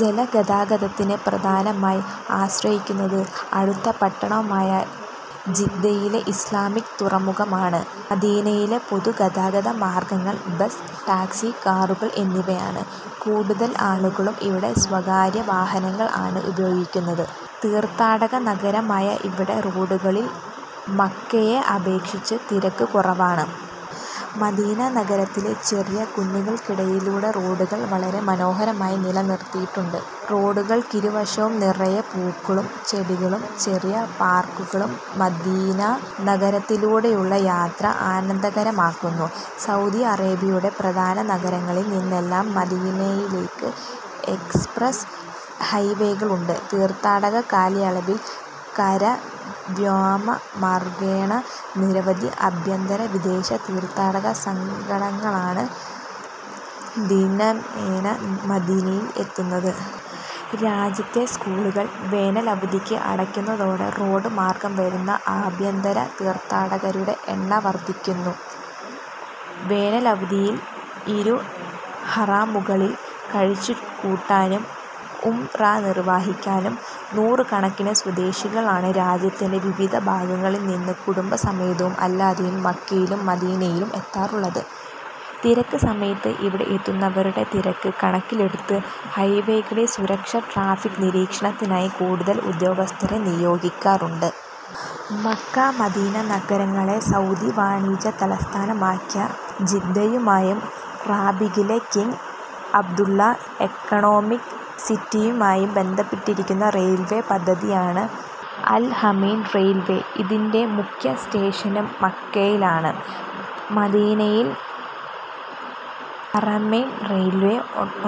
ജല ഗതാഗതത്തിന് പ്രധാനമായി ആശ്രയിക്കുന്നത് അടുത്ത പട്ടണമായ ജിദ്ദയിലെ ഇസ്ലാമിക് തുറമുഖം ആണ് മദീനയിലെ പൊതു ഗതാഗത മാർഗങ്ങൾ ബസ്, ടാക്സി കാറുകൾ എന്നിവയാണ്. കൂടുതൽ ആളുകളും ഇവിടെ സ്വകാര്യ വാഹനങ്ങൾ ആണ് ഉപയോഗിക്കുന്നത്. തീർത്ഥാടക നഗരമായ ഇവിടെ റോഡുകളിൽ മക്കയെ അപേക്ഷിച്ച് തിരക്ക് കുറവാണ്. മദീന നഗരത്തിലെ ചെറിയ കുന്നുകൾക്കിടയിലൂടെയുള്ള റോഡുകൾ വളരെ മനോഹരമായി നില നിർത്തിയിട്ടുണ്ട്. റോഡുകൾക്കിരു വശവും നിറയെ പൂക്കളും ചെടികളും ചെറിയ പാർക്കുകളും മദീനാ നഗരത്തിലൂടെയുള്ള യാത്ര ആനന്ദകരമാക്കുന്നു. സൗദി അറേബ്യയുടെ പ്രധാന നഗരങ്ങളിൽ നിന്നെല്ലാം മദീനയിലേക്ക് എക്സ്പ്രസ് ഹൈവേകളുണ്ട്. തീർത്ഥാടക കാലയളവിൽ കര, വ്യോമ മാർഗേണ നിരവധി അഭ്യന്തര, വിദേശ തീർത്ഥാടക സംഘങ്ങളാണ് ദിനേന മദീനയിൽ എത്തുന്നത്. രാജ്യത്തെ സ്കൂളുകൾ വേനലവധിക്ക് അടക്കുന്നതോടെ റോഡ് മാർഗ്ഗം വരുന്ന ആഭ്യന്തര തീർഥാടകരുടെ എണ്ണവുംവർധിക്കുന്നു. വേനലവധിയിൽ ഇരു ഹറമുകളിൽ കഴിച്ചുകൂട്ടാനും ഉംറ നിർവഹിക്കാനും നൂറുക്കണക്കിന് സ്വദേശികളാണ് രാജ്യത്തിന്റെ വിവിധ ഭാഗങ്ങളിൽ നിന്ന് കുടുംബ സമേതവും അല്ലാതെയും മക്കയിലും മദീനയിലും എത്താറുള്ളത്. തിരക്ക് സമയത്ത് ഇവിടെ എത്തുന്നവരുടെ തിരക്ക് കണക്കിലെടുത്ത് ഹൈവേകളിൽ സുരക്ഷ, ട്രാഫിക് നിരീക്ഷണത്തിനായി കൂടുതൽ ഉദ്യോഗസ്ഥരെ നിയോഗിക്കാറുണ്ട്. മക്ക, മദീന നഗരങ്ങളെ സൗദി വാണിജ്യ തലസ്ഥാനമായ ജിദ്ദയുമായും റാബിഗിലെ കിങ് അബ്ദുല്ല എകണോമിക് സിറ്റിയുമായും ബന്ധിപ്പിക്കുന്ന റെയിൽവെ പദ്ധതിയാണ് അൽ ഹറമൈൻ റെയിൽവേ. ഇതിന്റെ മുഖ്യ സ്റ്റേഷന് മക്കയിലാണ്. മദീനയിൽ ഹറമൈൻ റെയിൽവേ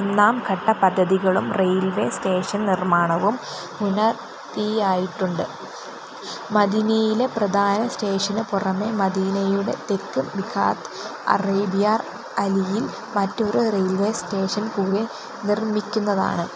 ഒന്നാംഘട്ട പദ്ധതികളും റെയിൽവേ സ്റ്റേഷൻ നിർമ്മാണവും പൂർത്തിയായിട്ടുണ്ട്. മദീനയിലെ പ്രധാന സ്റ്റേഷന് പുറമേ മദീനയുടെ തെക്ക് മീഖാത്ത് അബിയാർ അലിയിൽ മറ്റൊരു റെയിൽവേ സ്റ്റേഷൻ കൂടി നിര്മിക്കുന്നതാണ്.